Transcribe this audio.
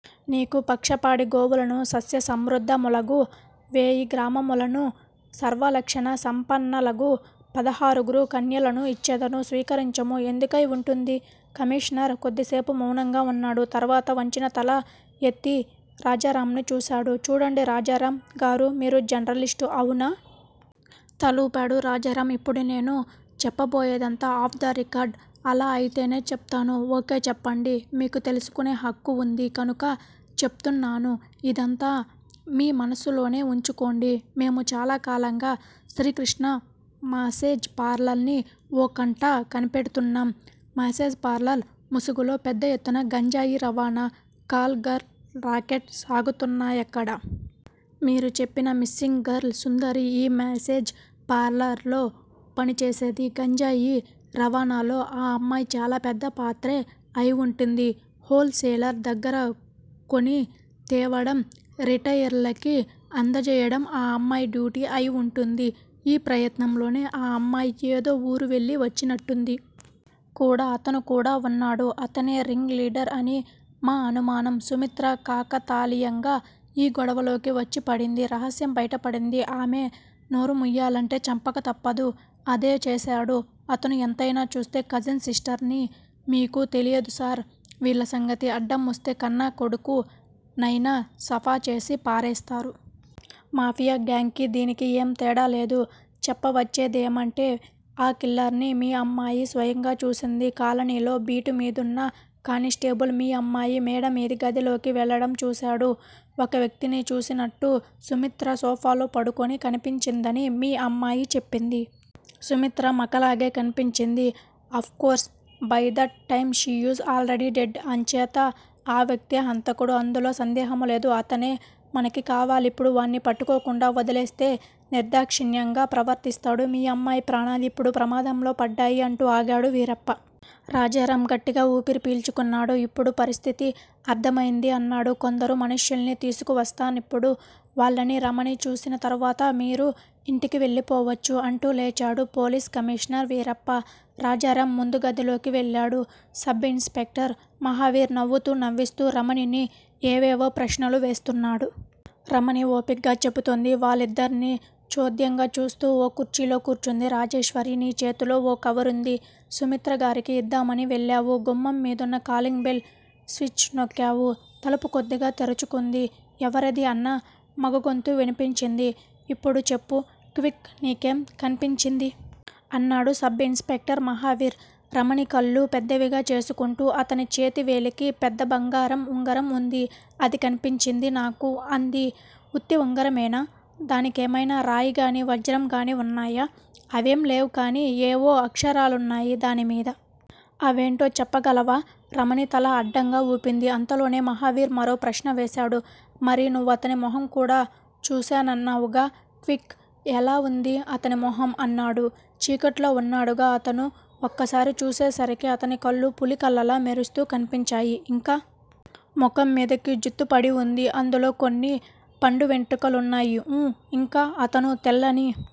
నీకు పక్ష పాడి గోవులనూ సస్య సమృద్ధములగు వేయి గ్రామములనూ సర్వలక్షణ సంపన్నలగు పదహారుగురు కన్యలనూ ఇచ్చెదను' స్వీకరించుము. ఎందుకై ఉంటుంది? కమిషనర్ కొద్దిసేపు మౌనంగా ఉన్నాడు తర్వాత వంచిన తల ఎత్తి రాజారామ్ ని చూశాడు. చూడండి రాజారామ్ గారూ మీరు జర్నలిస్టు. అవునా? తలూపాడు రాజారామ్. ఇప్పుడు నేను చెప్పబోయేదంతా ఆఫ్ ద రికార్డ్! అలా అయితేనే చెప్తాను. ఓకే-చెప్పండి మీకు తెలుసుకునే హక్కు ఉంది కనుక చెప్తున్నాను. ఇదంతా మీ మనస్సులోనే ఉంచుకోండి మేము చాలా కాలంగా 'శ్రీ కృష్ణా మాసేజ్ పార్లర్నీ' ఓ కంట కనిపెడ్తున్నాం. మాసేజ్ పార్లర్ ముసుగులో పెద్ద ఎత్తున గంజాయి రవాణా, కాల్ గర్ల్ రాకెట్ సాగుతున్నాయక్కడ. మీరు చెప్పినా మిస్సింగ్ గర్ల్ సుందరి ఈ మాసేజ్ పార్లర్ లో పనిచేసేది. గంజాయి రవాణాలో ఆ అమ్మాయి చాలా పెద్ద పాత్రే అయి వుంటుంది. Whole sailor దగ్గరకొనితేవడం. రిటెయిలర్లకి అందజేయ్యడం ఆ అమ్మాయి డ్యూటీ అయి ఉంటుంది. ఈ ప్రయత్నంలోనే ఆ అమ్మాయి ఏదో వూరు వెళ్ళి వచ్చినట్టుంది. కూడా 'అతను' కూడా వున్నాడు. 'అతనే' రింగ్ లీడర్ అని మా అనుమానం. సుమిత్ర కాకతాళీయంగా ఈ గొడవలోకి వచ్చి పడింది. రహస్యం బయట పడింది. ఆమె నోరుముయ్యాలంటే చంపక తప్పదు. అదే చేశాడు అతను ఎంతయినా చూస్తూ కజిన్ సిస్టర్ని, మీకు తెలీదు సార్ వీళ్ళ సంగతి అడ్డం వస్తే కన్నా కొడుకు నైనా సఫా చేసి పారేస్తారు. మాఫియా గ్యాంగ్ కి దీనికి ఏం తేడా లేదు. చెప్పవచ్చేదేమంటే-ఆ కిల్లర్ని మీ అమ్మాయి స్వయంగా చూసింది. కాలనీలో బీటు మీదున్న కానిస్టేబుల్ మీ అమ్మాయి మేడ మీది గదిలోకి వెళ్ళడం చూశాడు. ఒక వ్యక్తిని చూసినట్టూ, సుమిత్ర సోఫాలో పడుకొని కనిపించిందని మీ అమ్మాయి చెప్పింది. సుమిత్ర మకలాగే కన్పించింది. Of course by that time she is already dead! అంచేత ఆ వ్యక్తే హంతకుడు. అందులో సందేహము లేదు. అతనే మనకి కావాలిప్పుడు. వాణ్ని పట్టుకోకుండా వదిలేస్తే నిర్దాక్షిణ్యంగా ప్రవర్తిస్తాడు. మీ అమ్మాయి ప్రాణాలు ఇప్పుడు ప్రమాదంలో పడ్డాయి. అంటూ ఆగాడు వీరప్ప. రాజారామ్ గట్టిగా ఊపిరి పీల్చుకున్నాడు. ఇప్పుడు పరిస్థితి అర్ధమయింది. అన్నాడు. కొందరు మనుష్యుల్ని తీసుకువస్తానిప్పుడు వాళ్ళని రమణి చూసిన తరువాత మీరు ఇంటికి వెళ్ళిపోవచ్చు. అంటూ లేచాడు పోలీస్ కమిషనర్ వీరప్ప. రాజారామ్ ముందుగదిలోకి వెళ్ళాడు. సబ్ ఇన్ స్పెక్టర్ మహావీర్ నవ్వుతూ, నవ్విస్తూ, రమణిని ఏవేవో ప్రశ్నలు వేస్తున్నాడు. రమణి ఓపిగ్గా చెబుతోంది. వాళ్ళిద్దర్నీ చోద్యంగా చూస్తూ ఓ కుర్చీలో కూర్చుంది రాజేశ్వరి. నీ చేతిలో ఓ కవరుంది. సుమిత్ర గారికి ఇద్దామని వెల్లావు. గుమ్మం మీదున్న కాలింగ్ బెల్ స్విచ్ నోక్కావు. తలుపు కొద్దిగా తెరుచుకుంది. 'ఎవరది' అన్న మగ గొంతు వినిపించింది. ఇప్పుడు చెప్పు, క్విక్, నీకేం కన్పించింది? అన్నాడు sub inspector Mahavir. Ramani కళ్ళు పెద్దవిగా చేసుకుంటూ అతని చేతి వేలికి పెద్ద బంగారం ఉంగరం ఉంది. అది కన్పించింది నాకు అంది. ఉత్తి ఉంగరమేనా? దానికేమయినా రాయి గాని, వజ్రంగాని ఉన్నాయా? అవేం లేవుగాని, ఏవో అక్షరాలున్నాయి దాని మీద! అవేంటో చెప్పగలవా? రమణి తల అడ్డంగా ఊపింది. అంతలోనే మహావీర్ మరో ప్రశ్న వేశాడు. మరి, నువ్వతని మొహం కూడా చూశానన్నావుగా! క్విక్!! ఎలా ఉంది అతని మొహం? అన్నాడు. చీకట్లో ఉన్నాడుగా అతను! ఒక్కసారి చూసేసరికి అతని కళ్ళు పులి కళ్ళలా మెరుస్తూ కన్పించాయి ఇంకా? మొహం మీదికి జుత్తు పడి ఉంది. అందులో కొన్ని పండు వెంట్రుకలున్నాయి ఊఁ ఇంకా? అతను తెల్లని